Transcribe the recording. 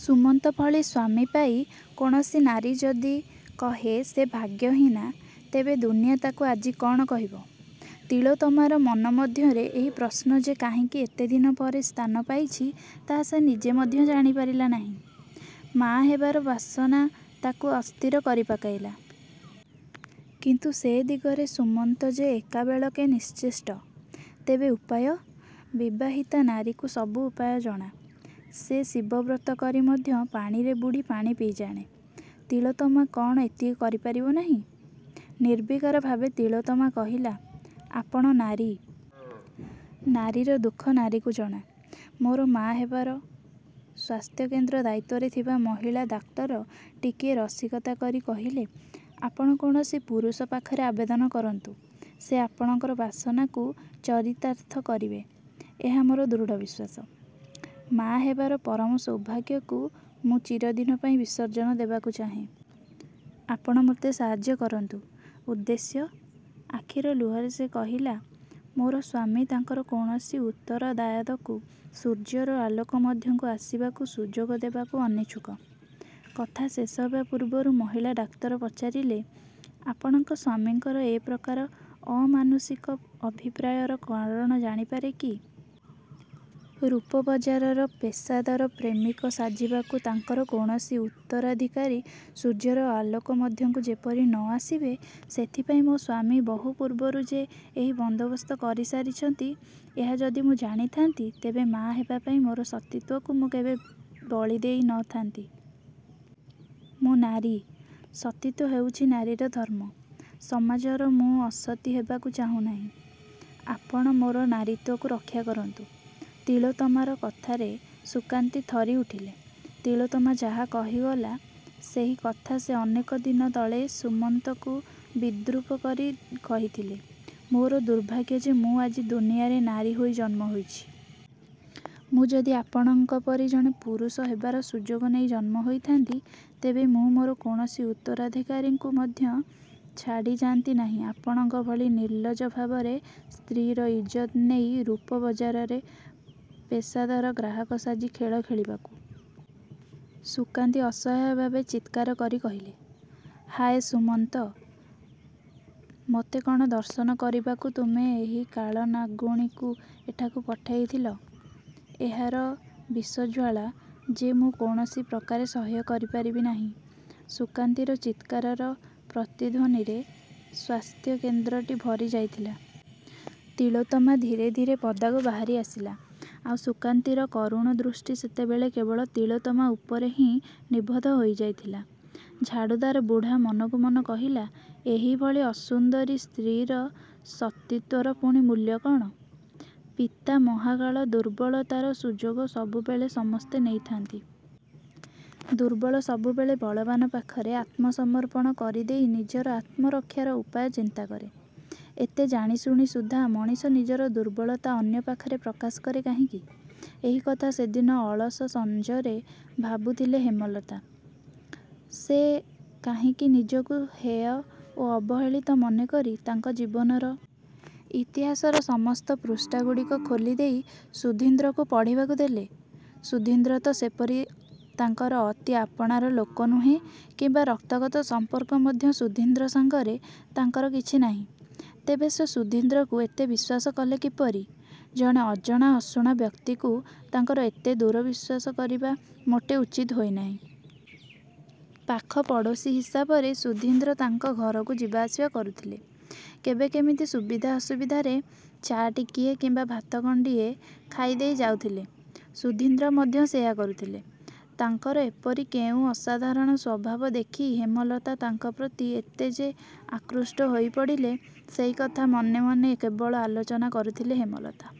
ସୁମନ୍ତ ଭଳି ସ୍ୱାମୀ ପାଇ କୌଣସି ନାରୀ ଯଦି କହେ ସେ ଭାଗ୍ୟହୀନା, ତେବେ ଦୁନିଆ ତାକୁ ଆଜି କ'ଣ କହିବ? ତିଳୋତ୍ତମାର ମନ ମଧ୍ୟରେ ଏହି ପ୍ରଶ୍ନ ଯେ କାହିଁକି ଏତେଦିନ ପରେ ସ୍ଥାନପାଇଛି ତାହା ସେ ନିଜେ ମଧ୍ୟ ଜାଣିପାରିଲା ନାହିଁ। ମା' ହେବାର ବାସନା ତାକୁ ଅସ୍ଥିର କରିପକାଇଲା। କିନ୍ତୁ ସେ ଦିଗରେ ସୁମନ୍ତ ଯେ ଏକାବେଳକେ ନିଶ୍ଚେଷ୍ଟ। ତେବେ ଉପାୟ? ବିବାହିତା ନାରୀକୁ ସବୁ ଉପାୟ ଜଣା। ସେ ଶିବବ୍ରତ କରି ମଧ୍ୟ ପାଣିରେ ବୁଡ଼ି ପାଣି ପିଇଜାଣେ। ତିଳୋତ୍ତମା କ'ଣ ଏତିକି କରିପାରିବ ନାହିଁ? ନିର୍ବିକାର ଭାବେ ତିଳୋତ୍ତମା କହିଲା, ''ଆପଣ ନାରୀ। ନାରୀର ଦୁଃଖ ନାରୀକୁ ଜଣା-। ମୋର ମା' ହେବାର। '' ସ୍ୱାସ୍ଥ୍ୟକେନ୍ଦ୍ର ଦାୟିତ୍ଵରେ ଥିବା ମହିଳା ଡାକ୍ତର ଟିକିଏ ରସିକତା କରି କହିଲେ, ''ଆପଣ କୌଣସି ପୁରୁଷ ପାଖରେ ଆବେଦନ କରନ୍ତୁ। ସେ ଆପଣଙ୍କର ବାସନାକୁ ଚରିତାର୍ଥ କରିବେ। ଏହା ମୋର ଦୃଢ଼ ବିଶ୍ୱାସ। '' ''ମାଆ ହେବାର ପରମ ସୌଭାଗ୍ୟକୁ ମୁଁ ଚିରଦିନ ପାଇଁ ବିସର୍ଜନ ଦେବାକୁ ଚାହେଁ। ଆପଣ ମୋତେ ସାହାଯ୍ୟ କରନ୍ତୁ। '' ''ଉଦ୍ଦେଶ୍ୟ? '' ଆଖିର ଲୁହରେ ସେ କହିଲା, ''ମୋର ସ୍ୱାମୀ ତାଙ୍କର କୌଣସି ଉତ୍ତରଦାୟାଦକୁ ସୂର୍ଯ୍ୟର ଆଲୋକ ମଧ୍ୟକୁ ଆସିବାକୁ ସୁଯୋଗ ଦେବାକୁ ଅନିଚ୍ଛୁକ। '' କଥା ଶେଷହେବା ପୂର୍ବରୁ ମହିଳା ଡାକ୍ତର ପଚାରିଲେ, ''ଆପଣଙ୍କ ସ୍ୱାମୀଙ୍କର ଏ ପ୍ରକାର ଅମାନୁଷିକ ଅଭିପ୍ରାୟର କାରଣ ଜାଣିପାରେ କି? '' ''ରୂପ ବଜାରରେ ପେଶାଦାର ପ୍ରେମିକ ସାଜିବାକୁ ତାଙ୍କର କୌଣସି ଉତ୍ତରାଧିକାରୀ ସୂର୍ଯ୍ୟର ଆଲୋକ ମଧ୍ୟକୁ ଯେପରି ନ ଆସିବେ ସେଥିପାଇଁ ମୋର ସ୍ୱାମୀ ବହୁ ପୂର୍ବରୁ ଯେ ଏହି ବନ୍ଦୋବସ୍ତ କରିସାରିଛନ୍ତି ଏହା ଯଦି ମୁଁ ଜାଣିଥାନ୍ତି ତେବେ ମାଆ ହେବାପାଇଁ ମୋର ସତୀତ୍ୱକୁ ମୁଁ କେବେ ବଳିଦେଇ ନ ଥାନ୍ତି। ମୁଁ ନାରୀ। ସତୀତ୍ୱ ହେଉଛି ନାରୀର ଧର୍ମ। ସମାଜରେ ମୁଁ ଅସତୀ ହେବାକୁ ଚାହୁଁନାହିଁ। ଆପଣ ମୋର ନାରୀତ୍ୱକୁ ରକ୍ଷା କରନ୍ତୁ। '' ତିଳୋତ୍ତମାର କଥାରେ ସୁକାନ୍ତୀ ଥରିଉଠିଲେ। ତିଳୋତ୍ତମା ଯାହା କହିଗଲା, ସେହି କଥା ସେ ଅନେକ ଦିନ ତଳେ ସୁମନ୍ତକୁ ବିଦ୍ରୂପ କରି କହିଥିଲେ-''ମୋର ଦୁର୍ଭାଗ୍ୟ ଯେ ମୁଁ ଆଜି ଦୁନିଆରେ ନାରୀ ହୋଇ ଜନ୍ମହୋଇଛି। ମୁଁ ଯଦି ଆପଣଙ୍କ ପରି ଜଣେ ପୁରୁଷ ହେବାର ସୁଯୋଗ ନେଇ ଜନ୍ମ ହେଇଥାନ୍ତି, ତେବେ ମୁଁ ମୋର କୌଣସି ଉତ୍ତରାଧିକାରୀକୁ ମଧ୍ୟ ଛାଡ଼ି ଯାଆନ୍ତି ନାହିଁ ଆପଣଙ୍କ ଭଳି ନିର୍ଲଜ ଭାବରେ ସ୍ତ୍ରୀର ଇଜ୍ଜତ୍ ନେଇ ରୂପ ବଜାରରେ ପେଶାଦାର ଗ୍ରାହକ ସାଜି ଖେଳ ଖେଳିବାକୁ। '' ସୁକାନ୍ତୀ ଅସହାୟ ଭାବେ ଚିତ୍କାର କରି କହିଲେ, ''ହାୟ ସୁମନ୍ତ! ମୋତେ କ'ଣ ଦଂଶନ କରିବାକୁ ତୁମେ ଏହି କାଳନାଗୁଣୀକୁ ଏଠାକୁ ପଠାଇଥିଲ? ଏହାର ବିଷଜ୍ୱାଳା ଯେ ମୁଁ କୌଣସି ପ୍ରକାରେ ସହ୍ୟ କରିପାରିବି ନାହିଁ। '' ସୁକାନ୍ତୀର ଚିତ୍କାରର ପ୍ରତିଧ୍ୱନିରେ ସ୍ୱାସ୍ଥ୍ୟ କେନ୍ଦ୍ରଟି ଭରି ଯାଇଥିଲା। ତିଳୋତ୍ତମା ଧୀରେ ଧୀରେ ପଦାକୁ ବାହାରି ଆସିଲା। ଆଉ ସୁକାନ୍ତୀର କରୁଣ ଦୃଷ୍ଟି ସେତେବେଳେ କେବଳ ତିଳୋତ୍ତମା ଉପରେ ହିଁ ନିବଦ୍ଧ ହୋଇଯାଇଥିଲା। ଝାଡ଼ୁଦାର ବୁଢ଼ା ମନକୁ ମନ କହିଲା, ''ଏହିଭଳି ଅସୁନ୍ଦରୀ ସ୍ତ୍ରୀର ସତୀତ୍ୱର ପୁଣି ମୂଲ୍ୟ କ'ଣ? '' ପିତା ମହାକାଳ ଦୁର୍ବଳତାର ସୁଯୋଗ ସବୁବେଳେ ସମସ୍ତେ ନେଇଥାନ୍ତି। ଦୁର୍ବଳ ସବୁବେଳେ ବଳବାନ ପାଖରେ ଆତ୍ମସମର୍ପଣ କରିଦେଇ ନିଜର ଆତ୍ମରକ୍ଷାର ଉପାୟ ଚିନ୍ତାକରେ। ଏତେ ଜାଣିଶୁଣି ସୁଦ୍ଧା ମଣିଷ ନିଜର ଦୁର୍ବଳତା ଅନ୍ୟ ପାଖରେ ପ୍ରକାଶ କରେ କାହିଁକି? ଏହିକଥା ସେଦିନ ଅଳସ ସଞ୍ଜରେ ଭାବୁଥିଲେ ହେମଲତା। ସେ କାହିଁକି ନିଜକୁ ହେୟ ଓ ଅବହେଳିତ ମନେକରି ତାଙ୍କ ଜୀବନର। ଇତିହାସର ସମସ୍ତ ପୃଷ୍ଠାଗୁଡ଼ିକ ଖୋଲିଦେଇ ସୁଧୀନ୍ଦ୍ରକୁ ପଢ଼ିବାକୁ ଦେଲେ? ସୁଧୀନ୍ଦ୍ର ତ ସେପରି ତାଙ୍କର ଅତି ଆପଣାର ଲୋକ ନୁହେଁ କିମ୍ବା ରକ୍ତଗତ ସମ୍ପର୍କ ମଧ୍ୟ ସୁଧୀନ୍ଦ୍ର ସଙ୍ଗରେ ତାଙ୍କର କିଛି ନାହିଁ। ତେବେ ସେ ସୁଧୀନ୍ଦ୍ରକୁ ଏତେ ବିଶ୍ୱାସ କଲେ କିପରି? ଜଣେ ଅଜଣା ଅଶୁଣା ବ୍ୟକ୍ତିକୁ ତାଙ୍କର ଏତେଦୂର ବିଶ୍ୱାସ କରିବା ମୋଟେ ଉଚିତ ହୋଇନାହିଁ। ପାଖ ପଡ଼ୋଶୀ ହିସାବରେ ସୁଧୀନ୍ଦ୍ର ତାଙ୍କ ଘରକୁ ଯିବା ଆସିବା କରୁଥିଲେ। କେବେ କିମିତି ସୁବିଧା ଅସୁବିଧାରେ ଚା' ଟିକିଏ କିମ୍ବା ଭାତ ଗଣ୍ଡିଏ ଖାଇଦେଇ ଯାଉଥିଲେ। ସୁଧୀନ୍ଦ୍ର ମଧ୍ୟ ସେୟା କରୁଥିଲେ। ତାଙ୍କର ଏପରି କେଉଁ ଅସାଧାରଣ ସ୍ୱଭାବ ଦେଖି ହେମଲତା ତାଙ୍କ ପ୍ରତି ଏତେ ଯେ ଆକୃଷ୍ଟ ହୋଇପଡ଼ିଲେ, ସେହିକଥା ମନେମନେ କେବଳ ଆଲୋଚନା କରୁଥିଲେ ହେମଲତା।